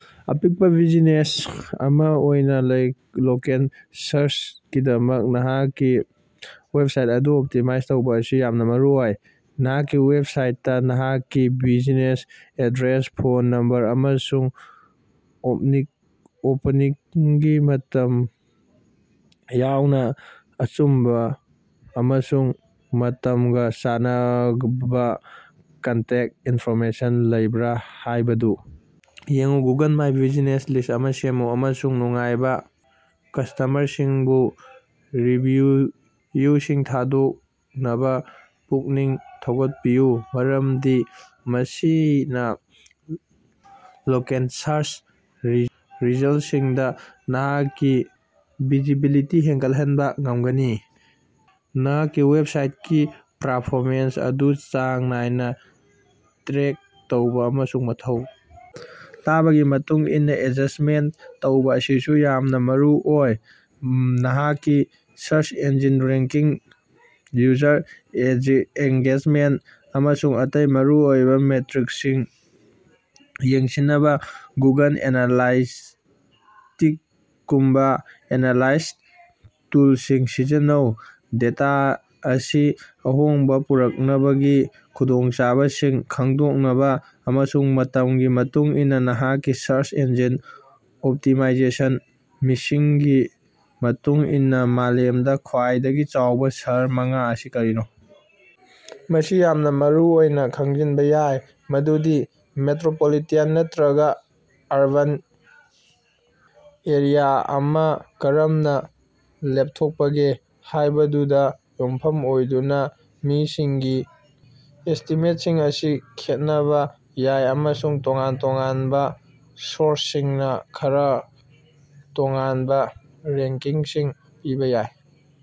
ꯑꯄꯤꯛꯄꯥ ꯕꯤꯖꯤꯅꯦꯁ ꯑꯃꯥ ꯑꯣꯏꯅꯥ ꯂꯣꯀꯦꯜ ꯁꯥꯔꯆꯀꯤꯗꯃꯛ ꯅꯍꯥꯛꯀꯤ ꯋꯦꯕꯁꯥꯏꯠ ꯑꯗꯨ ꯑꯣꯞꯇꯤꯃꯥꯏꯖ ꯇꯧꯕꯥ ꯑꯁꯤ ꯌꯥꯝꯅꯥ ꯃꯔꯨꯑꯣꯏ꯫ ꯅꯍꯥꯛꯀꯤ ꯋꯦꯕꯁꯥꯏꯠꯇꯥ ꯅꯍꯥꯛꯀꯤ ꯕ꯭ꯌꯨꯖꯤꯅꯦꯁ ꯑꯦꯗ꯭ꯔꯦꯁ ꯐꯣꯟ ꯅꯝꯕꯔ ꯑꯃꯁꯨꯡ ꯑꯣꯄꯅꯤꯡꯒꯤ ꯃꯇꯝ ꯌꯥꯎꯅꯥ ꯑꯆꯨꯝꯕꯥ ꯑꯃꯁꯨꯡ ꯃꯇꯝꯒꯥ ꯆꯥꯟꯅꯕꯥ ꯀꯟꯇꯦꯛ ꯏꯟꯐꯣꯔꯃꯦꯁꯟ ꯂꯩꯕ꯭ꯔꯥ ꯍꯥꯏꯕꯗꯨ ꯌꯦꯡꯎ꯫ ꯒꯨꯒꯜ ꯃꯥꯏ ꯕ꯭ꯌꯨꯖꯤꯅꯦꯁ ꯂꯤꯁ꯭ꯠ ꯑꯃꯥ ꯁꯦꯝꯃꯨ ꯑꯃꯁꯨꯡ ꯅꯨꯡꯉꯥꯏꯕꯥ ꯀꯁꯇꯃꯔꯁꯤꯡꯕꯨ ꯔꯤꯚꯤꯌꯨꯁꯤꯡ ꯊꯥꯗꯣꯛꯅꯕꯥ ꯄꯨꯛꯅꯤꯡ ꯊꯧꯒꯠꯄꯤꯌꯨ ꯃꯔꯝꯗꯤ ꯃꯁꯤꯅꯥ ꯂꯣꯀꯦꯜ ꯁꯥꯔꯆ ꯔꯤꯖꯜꯠꯁꯤꯡꯗꯥ ꯅꯍꯥꯛꯀꯤ ꯚꯤꯖꯤꯕꯤꯂꯤꯇꯤ ꯍꯦꯟꯒꯠꯍꯟꯕꯥ ꯉꯝꯒꯅꯤ꯫ ꯅꯍꯥꯛꯀꯤ ꯋꯦꯕꯁꯥꯏꯡꯀꯤ ꯄꯔꯐꯣꯃꯦꯟꯁ ꯑꯗꯨ ꯆꯥꯡ ꯅꯥꯏꯅꯥ ꯇ꯭ꯔꯦꯛ ꯇꯧꯕꯥ ꯑꯃꯁꯨꯡ ꯃꯊꯧ ꯇꯥꯕꯒꯤ ꯃꯇꯨꯡ ꯏꯟꯅꯥ ꯑꯦꯗꯖꯁ꯭ꯇꯃꯦꯟꯠ ꯇꯧꯕꯥ ꯑꯁꯤꯁꯨ ꯌꯥꯝꯅꯥ ꯃꯔꯨꯑꯣꯏ꯫ ꯅꯍꯥꯛꯀꯤ search engine ranking user engagement ꯑꯃꯁꯨꯡ ꯑꯇꯩ ꯃꯔꯨꯑꯣꯏꯕꯥ ꯃꯦꯇ꯭ꯔꯤꯛꯁꯤꯡ ꯌꯦꯡꯁꯤꯟꯅꯕꯥ ꯒꯨꯒꯜ ꯑꯦꯅꯥꯂꯥꯏꯇꯤꯛꯁꯒꯨꯝꯕꯥ ꯑꯦꯅꯥꯂꯥꯏꯇꯤꯛꯁ ꯇꯨꯜꯁꯤꯡ ꯁꯤꯖꯤꯟꯅꯧ꯫ ꯗꯦꯇꯥ ꯑꯁꯤ ꯑꯍꯣꯡꯕꯥ ꯄꯨꯔꯛꯅꯕꯒꯤ ꯈꯨꯗꯣꯡꯆꯥꯕꯁꯤꯡ ꯈꯪꯗꯣꯛꯅꯕꯥ ꯑꯃꯁꯨꯡ ꯃꯇꯝꯒꯤ ꯃꯇꯨꯡ ꯏꯟꯅꯥ ꯅꯍꯥꯛꯀꯤ ꯁꯔꯆ ꯏꯟꯖꯤꯟ ꯑꯣꯞꯇꯤꯃꯥꯏꯖꯦꯁꯟ ꯃꯤꯁꯤꯡꯒꯤ ꯃꯇꯨꯡ ꯏꯟꯅꯥ ꯃꯥꯂꯦꯝꯗꯥ ꯈ꯭ꯋꯥꯏꯗꯒꯤ ꯆꯥꯎꯕꯥ ꯁꯍꯔ ꯃꯉꯥ ꯑꯁꯤ ꯀꯔꯤꯅꯣ? ꯃꯁꯤ ꯌꯥꯝꯅꯥ ꯃꯔꯨꯑꯣꯏꯅꯥ ꯈꯪꯖꯤꯟꯕꯥ ꯌꯥꯏ ꯃꯗꯨꯗꯤ ꯃꯦꯇ꯭ꯔꯣꯄꯣꯂꯤꯇꯥꯟ ꯅꯠꯇ꯭ꯔꯒꯥ ꯑꯔꯕꯥꯟ ꯑꯦꯔꯤꯌꯥ ꯑꯃꯥ ꯀꯔꯝꯅꯥ ꯂꯦꯞꯊꯣꯛꯄꯒꯦ ꯍꯥꯏꯕꯗꯨꯗꯥ ꯌꯨꯝꯐꯝ ꯑꯣꯏꯗꯨꯅꯥ ꯃꯤꯁꯤꯡꯒꯤ ꯑꯦꯁꯇꯤꯃꯦꯠꯁꯤꯡ ꯑꯁꯤ ꯈꯦꯠꯅꯕꯥ ꯌꯥꯏ ꯑꯃꯁꯨꯡ ꯇꯣꯉꯥꯟ ꯇꯣꯉꯥꯟꯕꯥ ꯁꯣꯔꯁꯁꯤꯡꯅꯥ ꯈꯔꯥ ꯇꯣꯉꯥꯟꯕꯥ ꯔꯦꯡꯀꯤꯡꯁꯤꯡ ꯄꯤꯕꯥ ꯌꯥꯏ꯫